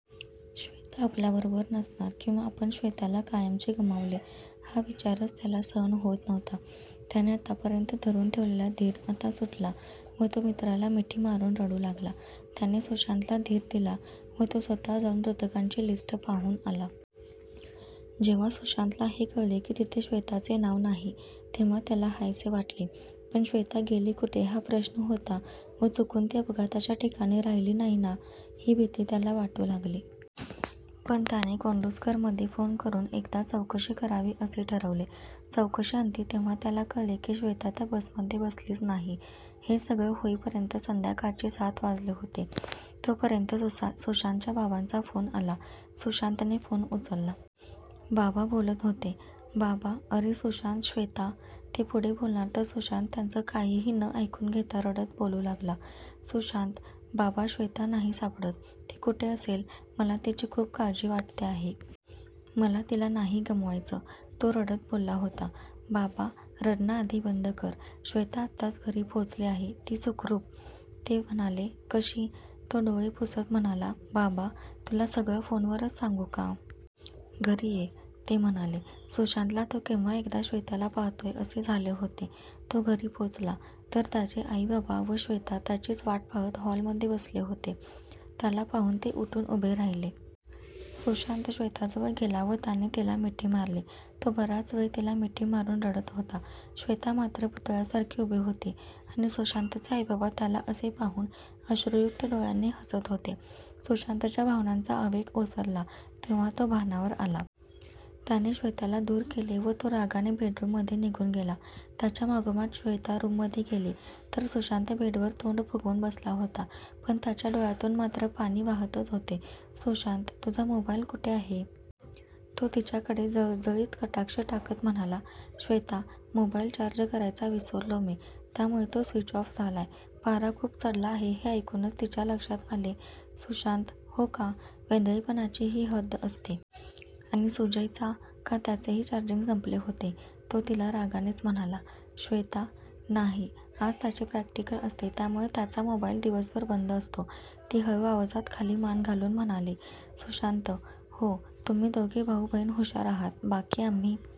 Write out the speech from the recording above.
श्वेता आपल्याबरोबर नसणार किंवा आपण श्वेताला कायमचे गमावले हा विचारच त्याला सहन होत नव्हता. त्याने आतापर्यंत धरून ठेवलेला धीर आता सुटला व तो मित्राला मिठी मारून रडू लागला. त्याने सुशांतला धीर दिला व तो स्वतः जाऊन मृतकांची लिस्ट पाहून आला. जेव्हा सुशांतला हे कळले की तिथे श्वेताचे नाव नाही तेव्हा त्याला हायसे वाटले, पण श्वेता गेली कुठे हा प्रश्न होता व चुकून ती अपघाताच्या ठिकाणी राहिली नाही ना ही भीती त्याला वाटू लागली. पण त्याने कोंडूस्करमध्ये फोन करून एकदा चौकशी करावी असे ठरवले. चौकशीअंती तेव्हा त्याला कळले की श्वेता त्या बसमध्ये बसलीच नाही. हे सगळं होईपर्यंत संध्याकाळचे सात वाजले होते. तोपर्यंत सुशांतच्या बाबांचा फोन आला, सुशांतने फोन उचलला. बाबा बोलत होते. बाबा, अरे सुशांत श्वेता, ते पुढे बोलणार तर सुशांत त्यांचं काहीही न ऐकून घेता रडत बोलू लागला. सुशांत, बाबा श्वेता नाही सापडत. ती कुठे असेल, मला तिची खूप काळजी वाटते आहे. मला तिला नाही गमवायचं! तो रडत बोलत होता. बाबा, रडणं आधी बंद कर! श्वेता आत्ताच घरी पोहोचली आहे. ती सुखरूप! ते म्हणाले. कशी, तो डोळे पुसत म्हणाला. बाबा, तुला सगळं फोनवरच सांगू का? घरी ये! ते म्हणाले. सुशांतला तो केव्हा एकदा श्वेताला पाहतोय असे झाले होते. तो घरी पोहोचला. तर त्याचे आई-बाबा व श्वेता त्याचीच वाट पाहत हॉलमध्ये बसले होते. त्याला पाहून ते उठून उभे राहिले. सुशांत श्वेताजवळ गेला व त्याने तिला मिठी मारली. तो बराच वेळ तिला मिठी मारून रडत होता. श्वेता मात्र पुतळ्यासारखी उभी होती आणि सुशांतचे आई-बाबा त्याला असे पाहून अश्रूयुक्त डोळ्यांनी हसत होते. सुशांतच्या भावनांचा आवेग ओसरला तेव्हा तो भानावर आला. त्याने श्वेताला दूर केले व तो रागाने बेडरूममध्ये निघून गेला. त्याच्या मागोमाग श्वेता रूममध्ये गेली. तर सुशांत बेडवर तोंड फुगवून बसला होता. पण त्याच्या डोळ्यांतून मात्र पाणी वाहतच होते. सुशांत, तुझा मोबाईल कुठे आहे? तो तिच्याकडे जळजळीत कटाक्ष टाकत म्हणाला. श्वेता, मोबाईल चार्ज करायचा विसरले मी, त्यामुळे तो स्विच ऑफ झालाय, पारा खूप चढला आहे हे ऐकूनच तिच्या लक्षात आले. सुशांत, हो का? वेंधळेपणाची ही हद्द असते. आणि सुजयचा, का त्याचेही चार्जिंग संपले होते? तो तिला रागानेच म्हणाला. श्वेता, नाही, आज त्याचे प्रॅक्टिकल असते त्यामुळे त्याचा मोबाईल दिवसभर बंद असतो. ती हळू आवाजात खाली मान घालून म्हणाली. सुशांत, हो, तुम्ही दोघे भाऊ-बहीण हुशार आहात, बाकी आम्ही